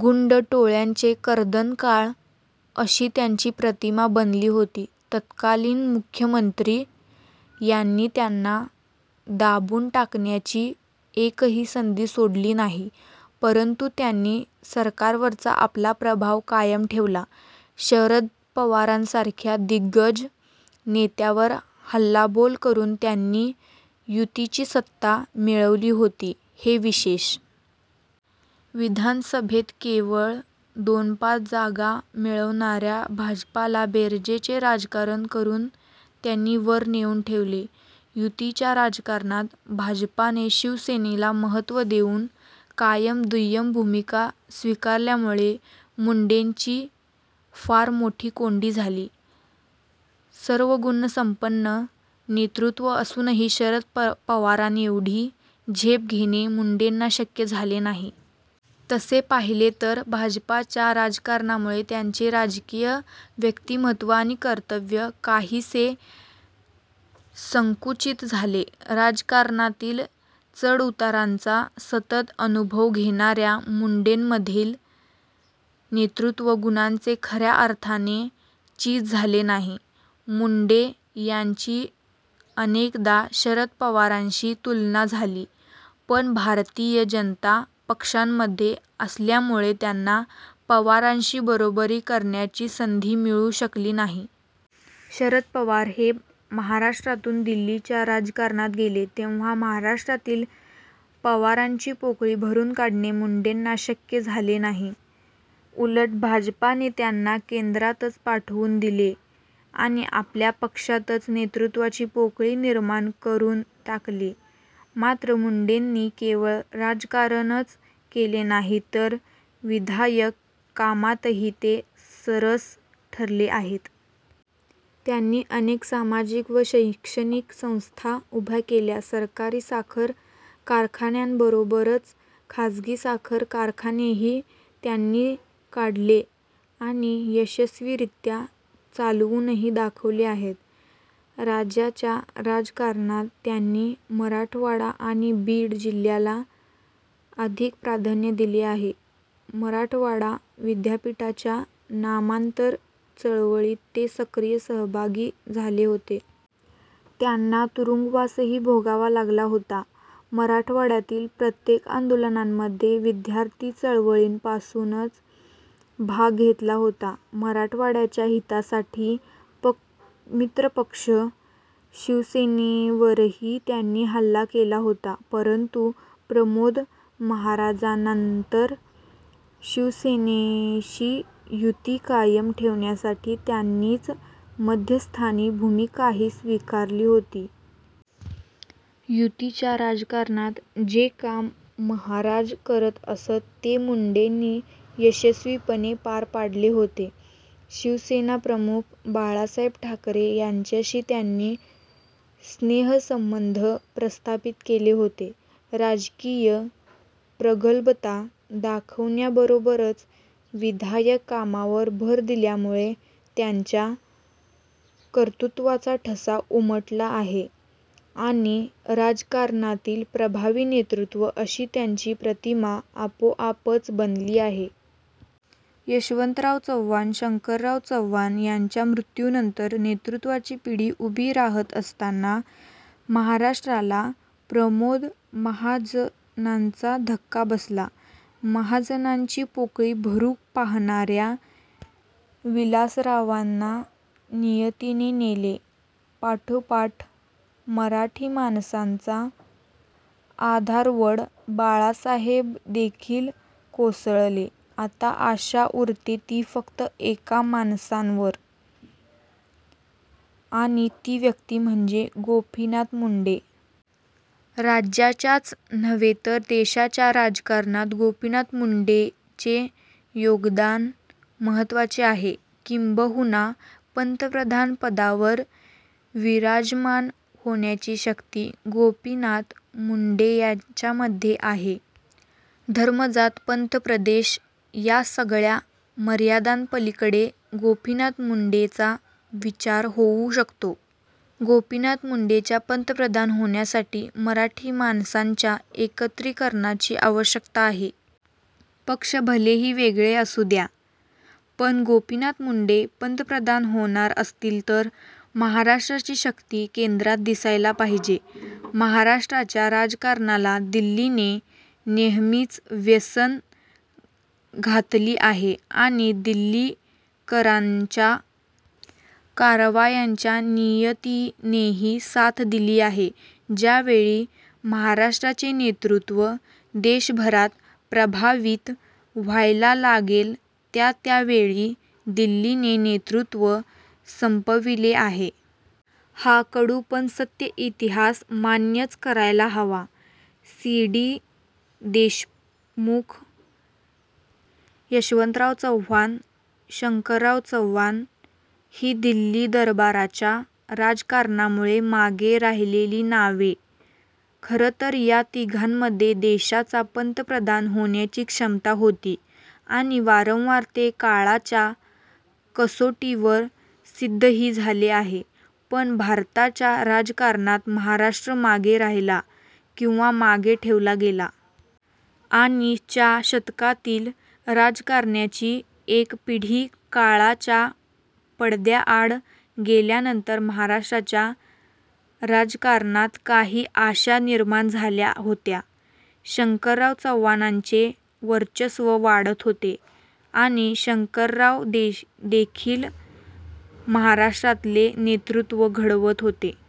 गुण्ड टोळय़ांचे कर्दनकाळ अशी त्यांची प्रतिमा बनली होती. तत्कालीन मुख्यमंत्री यांनी त्यांना दाबून टाकण्याची एकही संधी सोडली नाही; परंतु त्यांनी सरकारवरचा आपला प्रभाव कायम ठेवला. शरद पवारांसारख्या दिग्गज नेत्यावर हल्लाबोल करून त्यांनी युतीची सत्ता मिळवली होती, हे विशेष. विधानसभेत केवळ दोन-पाच जागा मिळवणाऱ्या भाजपाला बेरजेचे राजकारण करून त्यांनी वर नेऊन ठेवले. युतीच्या राजकारणात भाजपाने शिवसेनेला महत्त्व देऊन कायम दुय्यम भूमिका स्वीकारल्यामुळे मुंडेंची फार मोठी कोंडी झाली. सर्वगुणसम्पन्न नेतृत्व असूनही शरद पवारांएवढी झेप घेणे मुंडेंना शक्य झाले नाही. तसे पाहिले तर भाजपाच्या राजकारणामुळे त्यांचे राजकीय व्यक्तिमत्त्व आणि कर्तृत्त्व काहीसे संकुचित झाले. राजकारणातील चढउतारांचा सतत अनुभव घेणाऱ्या मुंडेंमधील नेतृत्व गुणांचे खऱ्या अर्थाने चिज झाले नाही. मुंडे यांची अनेकदा शरद पवारांशी तुलना झाली; पण भारतीय जनता पक्षामध्ये असल्यामुळे त्यांना पवारांशी बरोबरी करण्याची संधी मिळू शकली नाही. शरद पवार हे महाराष्ट्रातून दिल्लीच्या राजकारणात गेले, तेव्हा महाराराष्ट्रातील पवारांची पोकळी भरून काढणे मुंडेंना शक्य झाले नाही. उलट भाजपाने त्यांना केंद्रातच पाठवून दिले आणि आपल्या पक्षातच नेतृत्वाची पोकळी निर्माण करून टाकली. मात्र मुंडेंनी केवळ राजकारणच केले नाही, तर विधायक कामातही ते सरस ठरले आहेत. त्यांनी अनेक सामाजिक व शैक्षणिक संस्था उभ्या केल्या. सहकारी साखर कारखान्यांबरोबरच खाजगी साखर कारखानेही त्यांनी काढले आणि यशस्वीरीत्या चालवूनही दाखवले आहेत. राज्याच्या राजकारणात त्यांनी मराठवाडा आणि बीड जिल्ह्याला अधिक प्राधान्य दिले आहे. मराठवाडा विद्यापीठाच्या नामांतर चळवळीत ते सक्रिय सहभागी झाले होते. त्यांना तुरुंगवासही भोगावा लागला होता. मराठवाडय़ातील प्रत्येक आंदोलनामध्ये विद्यार्थी चळवळीपासूनच भाग घेतला होता. मराठवाडय़ाच्या हितासाठी मित्रपक्ष शिवसेनेवरही त्यांनी हल्ला केला होता; परंतु प्रमोद महाजनांनंतर शिवसेनेशी युती कायम ठेवण्यासाठी त्यांनीच मध्यस्थाची भूमिकाही स्वीकारली होती. युतीच्या राजकारणात जे काम महाजन करतअसत ते मुंडेंनी यशस्वीपणे पार पाडले होते. शिवसेनाप्रमुख बाळासाहेब ठाकरे यांच्याशी त्यांनी स्नेहसंबंध प्रस्थापित केले होते. राजकीय प्रगल्भता दाखवण्याबरोबरच विधायक कामावर भर दिल्यामुळे त्यांच्या कर्तृत्त्वाचा ठसा उमटवला आहे आणि राजकारणातील प्रभावी नेतृत्व अशी त्यांची प्रतिमा आपोआपच बनली आहे. यशवन्तराव चव्हाण, शंकरराव चव्हाण यांच्या मृत्यूनंतर नेतृत्वाची पिढी उभी राहत असताना महाराष्ट्राला प्रमोद महाजनांचा धक्का बसला. महाजनांची पोकळी भरू पाहणाऱ्या विलासरावांना नियतीने नेले. पाठोपाठ मराठी माणसांचा आधारवड बाळासाहेबदेखील कोसळले. आता आशा उरते ती फक्त एका माणसांवर आणि ती व्यक्ती म्हणजे गोपीनाथ मुंडे. राज्याच्याच नव्हे तर देशाच्या राजकारणात गोपीनाथ मुंडेचे योगदान महत्त्वाचे आहे. किंबहुना पन्तप्रधानपदावर विराजमान होण्याची शक्ती गोपीनाथ मुंडेच्यामध्ये आहे. धर्म-जात-पंथ-प्रदेश या सगळय़ा मर्यादांपलीकडे गोपीनाथ मुंडेचा विचार होऊ शकतो. गोपीनाथ मुंडेच्या पन्तप्रधान होण्यासाठी मराठी माणसांच्या एकत्रीकरणाची आवश्यकता आहे. पक्ष भलेही वेगळे असू द्या पण गोपीनाथ मुंडे पन्तप्रधान होणार असतील तर महाराष्ट्राची शक्ती केंद्रात दिसायला पाहिजे. महाराष्ट्राच्या राजकारणाला दिल्लीने नेहमीच वेसण घातली आहे आणि दिल्लीकरांच्या कारवायांचा नियतीनेही साथ दिली आहे. ज्या वेळी महाराष्ट्राचे नेतृत्व देशभरात प्रभावित व्हायला लागेल त्या त्या वेळी दिल्ली ते नेतृत्व संपविले आहे. हा कडू पण सत्य इतिहास मान्यच करायला हवा. सी. डी. देशमुख, यशवन्तराव चव्हाण, शंकरराव चव्हाण ही दिल्ली दरबाराच्या राजकारणामुळे मागे राहिलेली नावे. खरंतर या तिघांमध्ये देशाचा पन्तप्रधान होण्याची क्षमता होती आणि वारंवार ते काळाच्या कसोटीवर सिद्धही झाले आहे; पण भारताच्या राजकारणात महाराष्ट्र मागे राहिला किंवा मागे ठेवला गेला. आणि च्या शतकातील राजकारण्यांची एक पिढी काळाच्या पडद्याआड गेल्यानंतर महाराष्ट्राच्या राजकारणात काही आशा निर्माण झाल्या होत्या. शंकरराव चव्हाणांचे वर्चस्व वाढत होते आणि शंकररावदेखील महाराष्ट्रातले नेतृत्व घडवत होते.